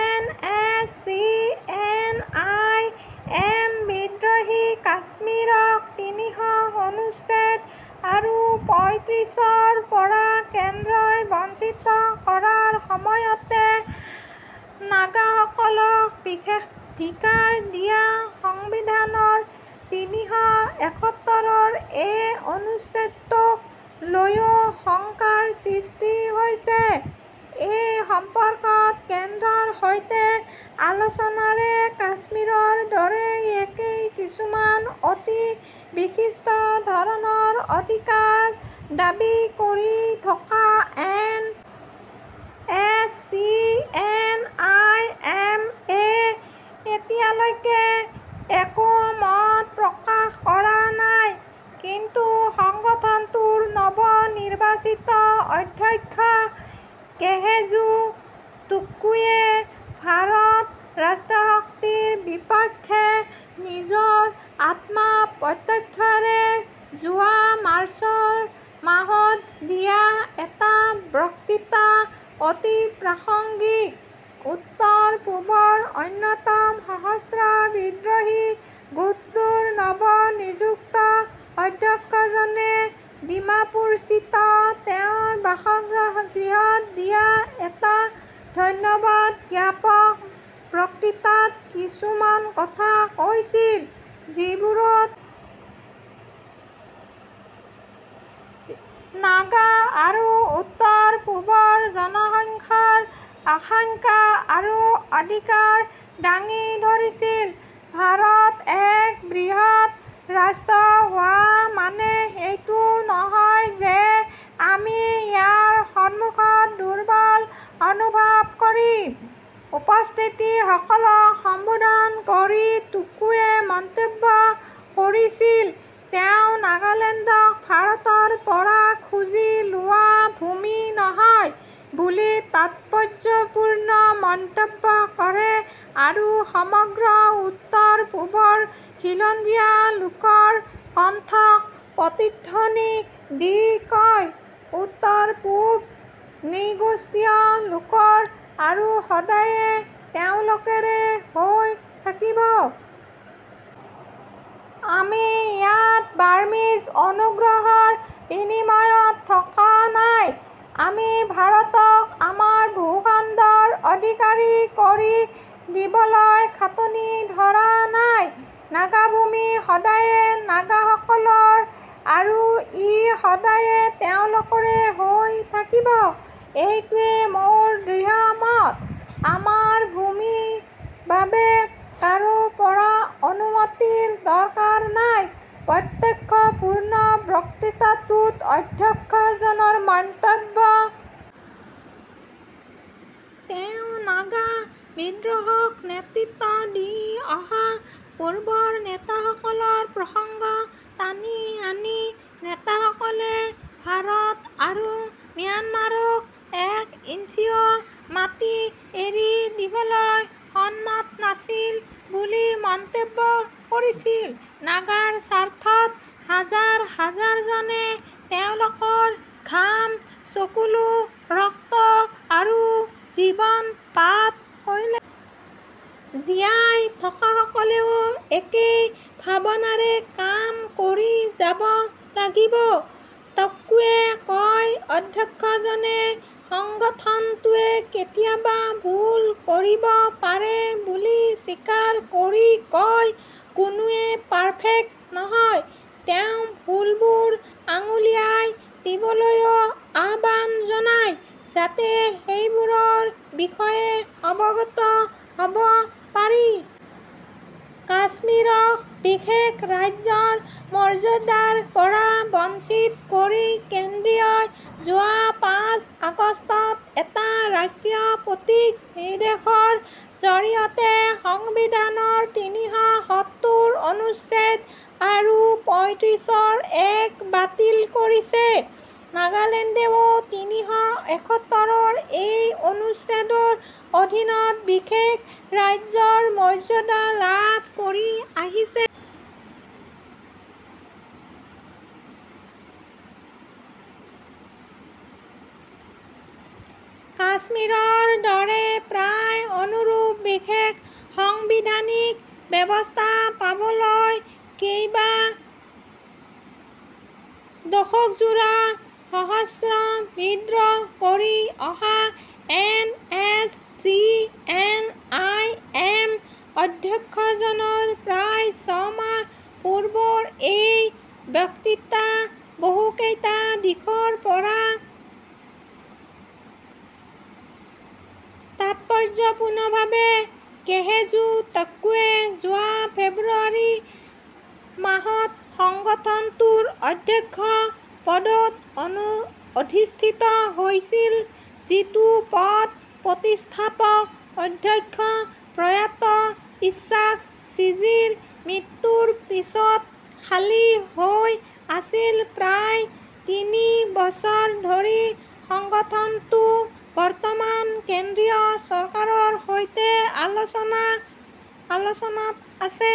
N. S. C. N. I. M. বিদ্ৰোহী কাশ্মীৰক তিনিশ অনুচ্ছেদ আৰু পঁইত্ৰিছ ৰ পৰা কেন্দ্ৰই বঞ্চিত কৰাৰ সময়তে নাগাসকলক বিশেষাধিকাৰ দিয়া সংবিধানৰ তিনিশ এসত্তৰ এ অনুচ্ছেদটোক লৈয়ো শংকাৰ সৃষ্টি হৈছে। এই সম্পৰ্কত কেন্দ্ৰৰ সৈতে আলোচনাৰে কাশ্মীৰৰ দৰে একেই কিছুমান অতি বিশিষ্ট ধৰণৰ অধিকাৰ দাবী কৰি থকা N. S. C. N. I. M. এ. এতিয়ালৈকে একো মত প্ৰকাশ কৰা নাই। কিন্তু সংগঠনটোৰ নৱ-নিৰ্বাচিত অধ্যক্ষ কেহেজু টুক্কুৱে ভাৰত ৰাষ্ট্ৰশক্তিৰ বিপক্ষে নিজৰ আত্ম প্ৰত্যয়েৰে যোৱা মাৰ্চ মাহত দিয়া এটা বক্তৃতা অতি প্ৰাসংগিক। উত্তৰ-পূবৰ অন্যতম সশস্ত্ৰ বিদ্ৰোহী গোটটোৰ নৱ-নিযুক্ত অধ্যক্ষজনে ডিমাপুৰস্থিত তেওঁৰ বাসগৃহত দিয়া এটা ধন্যবাদ জ্ঞাপক বক্তৃতাত কিছুমান কথা কৈছিল ।যিবোৰত নাগা আৰু উত্তৰ-পূবৰ জনাংশৰ আকাংক্ষা আৰু অধিকাৰ দাঙি ধৰিছিল। ভাৰত এক বৃহত ৰাষ্ট্ৰ হোৱা মানেই এইটো নহয় যে আমি ইয়াৰ সন্মুখত দুৰ্বল অনুভৱ কৰিম, উপস্থিতসকলক সম্বোধন কৰি টুক্কুৱে মন্তব্য কৰিছিল। তেওঁ নাগালেণ্ডক ভাৰতৰ পৰা খুজি লোৱা ভূমি নহয় বুলি তাৎপৰ্য্যপূৰ্ণ মন্তব্য কৰে আৰু সমগ্ৰ উত্তৰ-পূবৰ খিলঞ্জীয়া লোকৰ কণ্ঠক প্ৰতিধ্বনি দি কয়, উত্তৰ-পূব নৃগোষ্ঠীয় লোকৰ আৰু সদায়ে তেওঁলোকৰে হৈ থাকিব। আমি ইয়াত বাৰ্মিজ অনুগ্ৰহৰ বিনিময়ত থকা নাই। আমি ভাৰতক আমাৰ ভূ-খণ্ডৰ অধিকাৰী কৰি দিবলৈ খাটনি ধৰা নাই। নাগাভূমি সদায়ে নাগাসকলৰ আৰু ই সদায়ে তেওঁলোকৰে হৈ থাকিব। এইটোৱে মোৰ দৃঢ় মত। আমাৰ ভূমিৰ বাবে কাৰো পৰা অনুমতিৰ দৰকাৰ নাই, প্ৰত্যয়পূৰ্ণ বক্তৃতাটোত অধ্যক্ষজনৰ মন্তব্য। তেওঁ নাগা বিদ্ৰোহক নেতৃত্ব দি অহা পূৰ্বৰ নেতাসকলৰ প্ৰসংগ টানি আনি নেতাসকলে ভাৰত আৰু ম্যানমাৰক এক ইঞ্চিও মাটি এৰি দিবলৈ সন্মত নাছিল বুলিও মন্তব্য কৰিছিল। নাগাৰ স্বাৰ্থত হাজাৰ হাজাৰজনে তেওঁলোকৰ ঘাম, চকুলো, ৰক্ত আৰু জীৱন পাত কৰিলে। জীয়াই থকাসকলেও একেই ভাবনাৰে কাম কৰি যাব লাগিব, টুক্কুৱে কয়। অধ্যক্ষজনে সংগঠনটোৱে কেতিয়াবা ভুল কৰিব পাৰে বুলি স্বীকাৰ কৰি কয়, কোনোৱে পাৰ্ফেক্ট নহয়। তেওঁ ভুলবোৰ আঙুলিয়াই দিবলৈও আহ্বান জনায় যাতে সেইবোৰৰ বিষয়ে অৱগত হব পাৰি। কাশ্মীৰক বিশেষ ৰাজ্যৰ মৰ্য্যাদাৰ পৰা বঞ্চিত কৰি কেন্দ্ৰই যোৱা পাঁচ আগষ্টত এটা ৰাষ্ট্ৰপতীয় নিৰ্দেশৰ জৰিয়তে সংবিধানৰ তিনিশ সত্তৰ অনুচ্ছেদ আৰু পঁইত্ৰিছ এ বাতিল কৰিছে। নাগালেণ্ডেও তিনিশ এসত্তৰ এ অনুচ্ছেদৰ অধীনত বিশেষ ৰাজ্যৰ মৰ্য্যাদা লাভ কৰি আহিছে। কাশ্মীৰৰ দৰে প্ৰায় অনুৰূপ বিশেষ সাংবিধানিক ব্যৱস্থা পাবলৈ কেইবা দশকজোৰা সশস্ত্ৰ বিদ্ৰোহ কৰি অহা N. S. C. N. I. M. অধ্যক্ষজনৰ প্ৰায় ছমাহ পূৰ্বৰ এই বক্তৃতা বহুকেইটা দিশৰ পৰা অতি তাৎপৰ্য্যপূৰ্ণ। কেহেজু টুক্কুৱে যোৱা ফেব্ৰুৱাৰি মাহত সংগঠনটোৰ অধ্যক্ষ পদত অধিষ্ঠিত হৈছিল যিটো পদ প্ৰতিষ্ঠাপক অধ্যক্ষ প্ৰয়াত ইশ্বাক চিচিৰ মৃত্যুৰ পিছত খালী হৈ আছিল প্ৰায় তিনি বছৰ ধৰি। সংগঠনটো বৰ্তমান কেন্দ্ৰীয় চৰকাৰৰ সৈতে আলোচনাত আছে।